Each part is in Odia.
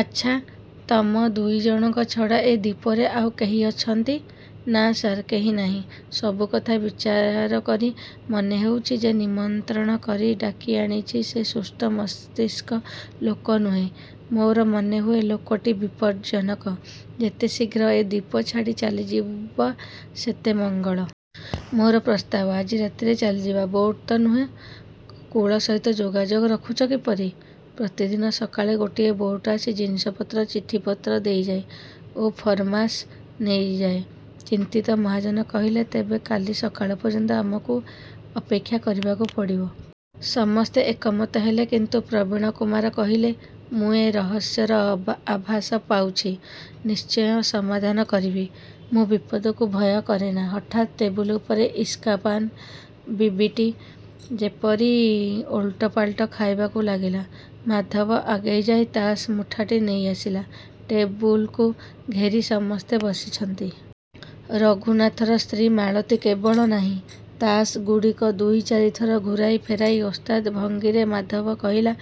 ଆଚ୍ଛା, ତମ ଦୁଇ ଜଣଙ୍କ ଛଡ଼ା ଏ ଦ୍ୱୀପରେ ଆଉ କେହି ଅଛନ୍ତି? ନା ସାର୍, କେହି ନାହିଁ। ସବୁକଥା ବିଚାର କରି, ମନେହେଉଛି, ଯେ ନିମନ୍ତ୍ରଣ କରି ଡାକିଆଣିଛି ସେ ସୁସ୍ଥମସ୍ତିଷ୍କ ଲୋକ ନୁହେଁ। ମୋର ମନେହୁଏ, ଲୋକଟି ବିପଜ୍ଜନକ। ଯେତେଶୀଘ୍ର ଏ ଦ୍ଵୀପ ଛାଡ଼ି ଚାଲିଯିବ ସେତେ ମଙ୍ଗଳ। ମୋର ପ୍ରସ୍ତାବ, ଆଜି ରାତିରେ ଚାଲିଯିବା। ବୋଟ୍ ତ ନୁହଁ । କୂଳ ସହିତ ଯୋଗାଯୋଗ ରଖୁଛ କିପରି? ପ୍ରତିଦିନ ସକାଳେ ଗୋଟାଏ ବୋଟ୍ ଆସି ଜିନିଷପତ୍ର, ଚିଠିପତ୍ର ଦେଇଯାଏ ଓ ଫରମାସ ନେଇଯାଏ। ଚିନ୍ତିତ ମହାଜନ କହିଲେ, ତେବେ କାଲି ସକାଳ ପର୍ଯ୍ୟନ୍ତ, ଆମକୁ ଅପେକ୍ଷା କରିବାକୁ ପଡ଼ିବ। ସମସ୍ତେ ଏକମତ ହେଲେ କିନ୍ତୁ ପ୍ରବୀଣକୁମାର କହିଲେ, ମୁଁ ଏ ରହସ୍ୟର ଆଭାସ ପାଉଛି। ନିଶ୍ଚୟ ସମାଧାନ କରିବି। ମୁଁ ବିପଦକୁ ଭୟ କରେନା। ହଠାତ୍ ଟେବୁଲ ଉପରେ ଇସ୍କାପାନ ବିବିଟି ଯେପରି ଓଲଟପାଲଟ ଖାଇବାକୁ ଲାଗିଲା। ମାଧବ ଆଗେଇଯାଇ ତାସ୍ ମୁଠାଟି ନେଇଆସିଲା। ଟେବୁଲକୁ ଘେରି ସମସ୍ତେ ବସିଛନ୍ତି। ରଘୁନାଥର ସ୍ତ୍ରୀ ମାଳତୀ କେବଳ ନାହିଁ। ତାସ୍ ଗୁଡ଼ିକ ଦୁଇ ଚାରି ଥର ଘୂରାଇ ଫେରାଇ ଓସ୍ତାଦ୍ ଭଙ୍ଗୀରେ ମାଧବ କହିଲା,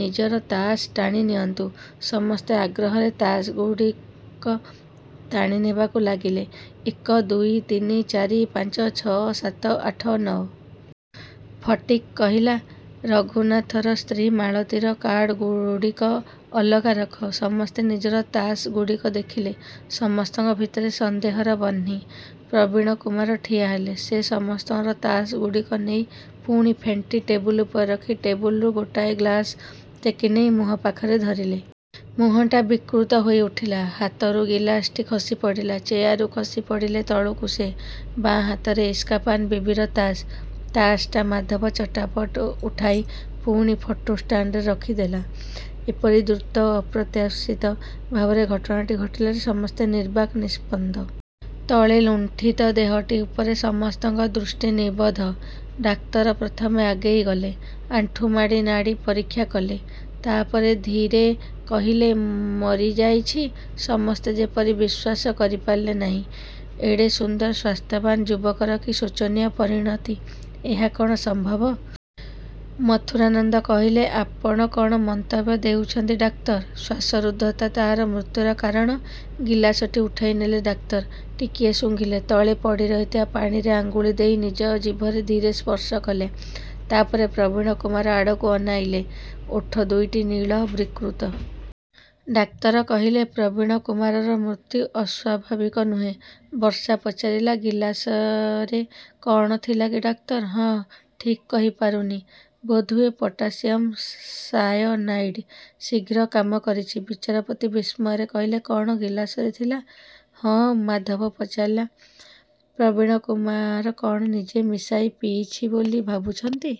ନିଜର ତାସ୍ ଟାଣିନିଅନ୍ତୁ। ସମସ୍ତେ ଆଗ୍ରହରେ ତାସ୍ ଗୁଡ଼ିକ ଟାଣିନେବାକୁ ଲାଗିଲେ, ଏକ ଦୁଇ ତିନି ଚାରି ପାଞ୍ଚ ଛଅ ସାତ ଆଠ ନଅ। ଫଟିକ୍ କହିଲା, ରଘୁନାଥର ସ୍ତ୍ରୀ ମାଳତୀର କାର୍ଡ଼ଗୁଡ଼ିକ ଅଲଗା ରଖ। ସମସ୍ତେ ନିଜର ତାସ୍ ଗୁଡ଼ିକ ଦେଖିଲେ। ସମସ୍ତଙ୍କ ଭିତରେ ସନ୍ଦେହର ବହ୍ନି। ପ୍ରବୀଣକୁମାର ଠିଆହେଲେ। ସେ ସମସ୍ତଙ୍କର ତାସ୍ ଗୁଡ଼ିକ ନେଇ ପୁଣି ଫେଣ୍ଟି ଟେବୁଲ ଉପରେ ରଖି ଟେବୁଲରୁ ଗୋଟାଏ ଗ୍ଲାସ୍ ଟେକିନେଇ ମୁହଁ ପାଖରେ ଧରିଲେ। ମୁହଁଟା ବିକୃତ ହୋଇଉଠିଲା। ହାତରୁ ଗିଲାସଟି ଖସିପଡ଼ିଲା। ଚେୟାରରୁ ଖସିପଡ଼ିଲେ ତଳକୁ ସେ। ବାଁ ହାତରେ ଇସ୍କାପାନ ବିବିର ତାସ୍। ତାସ୍ ଟା ମାଧବ ଚଟାପଟ ଉଠାଇ ପୁଣି ଫଟୋ ଷ୍ଟାଣ୍ଡରେ ରଖିଦେଲା। ଏପରି ଦ୍ରୁତ ଓ ଅପ୍ରତ୍ୟାଶିତ ଭାବରେ ଘଟଣାଟି ଘଟିଲା ଯେ ସମସ୍ତେ ନିର୍ବାକ୍, ନିସ୍ପନ୍ଦ। ତଳେ ଲୁଣ୍ଠିତ ଦେହଟି ଉପରେ ସମସ୍ତଙ୍କ ଦୃଷ୍ଟି ନିବଦ୍ଧ। ଡାକ୍ତର ପ୍ରଥମେ ଆଗେଇଗଲେ। ଆଣ୍ଠୁମାଡ଼ି ନାଡ଼ି ପରୀକ୍ଷା କଲେ। ତା ପରେ ଧୀରେ କହିଲେ, ମରିଯାଇଛି। ସମସ୍ତେ ଯେପରି ବିଶ୍ୱାସ କରିପାରିଲେ ନାହିଁ। ଏଡ଼େ ସୁନ୍ଦର ସ୍ୱାସ୍ଥ୍ୟବାନ୍ ଯୁବକର କି ଶୋଚନୀୟ ପରିଣତି। ଏହା କ'ଣ ସମ୍ଭବ? ମଥୁରାନନ୍ଦ କହିଲେ, ଆପଣ କ'ଣ ମନ୍ତବ୍ୟ ଦେଉଛନ୍ତି ଡାକ୍ତର? ଶ୍ୱାସରୁଦ୍ଧତା ତାହାର ମୃତ୍ୟୁର କାରଣ। ଗିଲାସଟି ଉଠାଇନେଲେ ଡାକ୍ତର। ଟିକିଏ ଶୁଙ୍ଘିଲେ। ତଳେ ପଡ଼ିରହିଥିବା ପାଣିରେ ଅଙ୍ଗୁଳି ଦେଇ ନିଜ ଜିଭରେ ଧୀରେ ସ୍ପର୍ଶ କଲେ। ତା ପରେ ପ୍ରବୀଣକୁମାର ଆଡ଼କୁ ଅନାଇଲେ। ଓଠ ଦୁଇଟି ନୀଳ, ବିକୃତ। ଡାକ୍ତର କହିଲେ, ପ୍ରବୀଣକୁମାରର ମୃତ୍ୟୁ ଅସ୍ୱାଭାବିକ ନୁହେଁ। ବର୍ଷା ପଚାରିଲା, ଗିଲାସରେ କ'ଣ ଥିଲା କି ଡାକ୍ତର? ହଁ, ଠିକ୍ କହିପାରୁନି। ବୋଧହୁଏ ପଟାସିୟମ୍ ସାୟନାଇଡ୍। ଶୀଘ୍ର କାମ କରିଛି। ବିଚାରପତି ବିସ୍ମୟରେ କହିଲେ, କ'ଣ, ଗିଲାସରେ ଥିଲା? ହଁ। ମାଧବ ପଚାରିଲା, ପ୍ରବୀଣକୁମାର କ'ଣ ନିଜେ ମିଶାଇ ପିଇଛି ବୋଲି ଭାବୁଛନ୍ତି?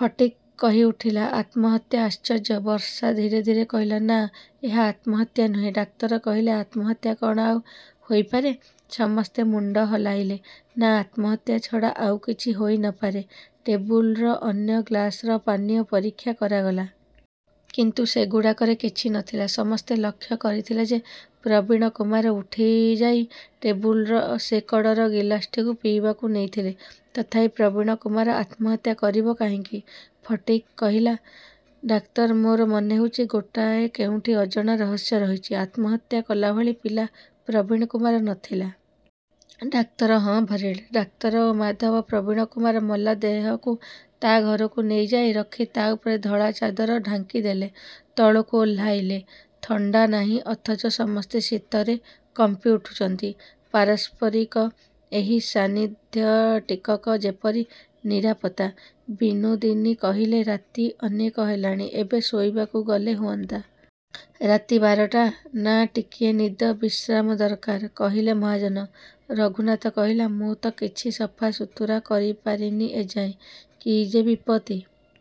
ଫଟିକ୍ କହିଉଠିଲା, ଆତ୍ମହତ୍ୟା, ଆଶ୍ଚର୍ଯ୍ୟ। ବର୍ଷା ଧୀରେ ଧୀରେ କହିଲା, ନା, ଏହା ଆତ୍ମହତ୍ୟା ନୁହେଁ। ଡାକ୍ତର କହିଲେ, ଆତ୍ମହତ୍ୟା କ'ଣ ଆଉ ହୋଇପାରେ? ସମସ୍ତେ ମୁଣ୍ଡ ହଲାଇଲେ। ନା, ଆତ୍ମହତ୍ୟା ଛଡ଼ା ଆଉ କିଛି ହୋଇ ନ ପାରେ। ଟେବୁଲର ଅନ୍ୟ ଗ୍ଲାସର ପାନୀୟ ପରୀକ୍ଷା କରାଗଲା। କିନ୍ତୁ ସେଗୁଡ଼ାକରେ କିଛି ନ ଥିଲା। ସମସ୍ତେ ଲକ୍ଷ୍ୟ କରିଥିଲେ ଯେ ପ୍ରବୀଣକୁମାର ଉଠିଯାଇ ଟେବୁଲର ସେ କଡ଼ର ଗିଲାସଟିକୁ ପିଇବାକୁ ନେଇଥିଲେ। ତଥାପି, ପ୍ରବୀଣକୁମାର ଆତ୍ମହତ୍ୟା କରିବ କାହିଁକି? ଫଟିକ୍ କହିଲା, ଡାକ୍ତର, ମୋର ମନେହେଉଛି ଗୋଟାଏ କେଉଁଠି ଅଜଣା ରହସ୍ୟ ରହିଛି। ଆତ୍ମହତ୍ୟା କଲାଭଳି ପିଲା ପ୍ରବୀଣକୁମାର ନ ଥିଲା। ଡାକ୍ତର ହଁ ଭରିଲେ। ଡାକ୍ତର ଓ ମାଧବ ପ୍ରବୀଣକୁମାର ମଲା ଦେହକୁ ତା ଘରକୁ ନେଇଯାଇ ରଖି ତା ଉପରେ ଧଳା ଚାଦର ଢାଙ୍କିଦେଲେ। ତଳକୁ ଓହ୍ଲାଇଲେ। ଥଣ୍ଡା ନାହିଁ ଅଥଚ ସମସ୍ତେ ଶୀତରେ କମ୍ପିଉଠୁଛନ୍ତି। ପାରସ୍ପରିକ ଏହି ସାନ୍ନିଧ୍ୟ ଟିକକ ଯେପରି ନିରାପତ୍ତା। ବିନୋଦିନୀ କହିଲେ, ରାତି ଅନେକ ହେଲାଣି, ଏବେ ଶୋଇବାକୁ ଗଲେ ହୁଅନ୍ତା? ରାତି ବାରଟା, ନା ଟିକିଏ ନିଦ, ବିଶ୍ରାମ ଦରକାର, କହିଲେ ମହାଜନ। ରଘୁନାଥ କହିଲା, ମୁଁ ତ କିଛି ସଫାସୁତୁରା କରିପାରିନି ଏ ଯାଏଁ। କି ଯେ ବିପତ୍ତି!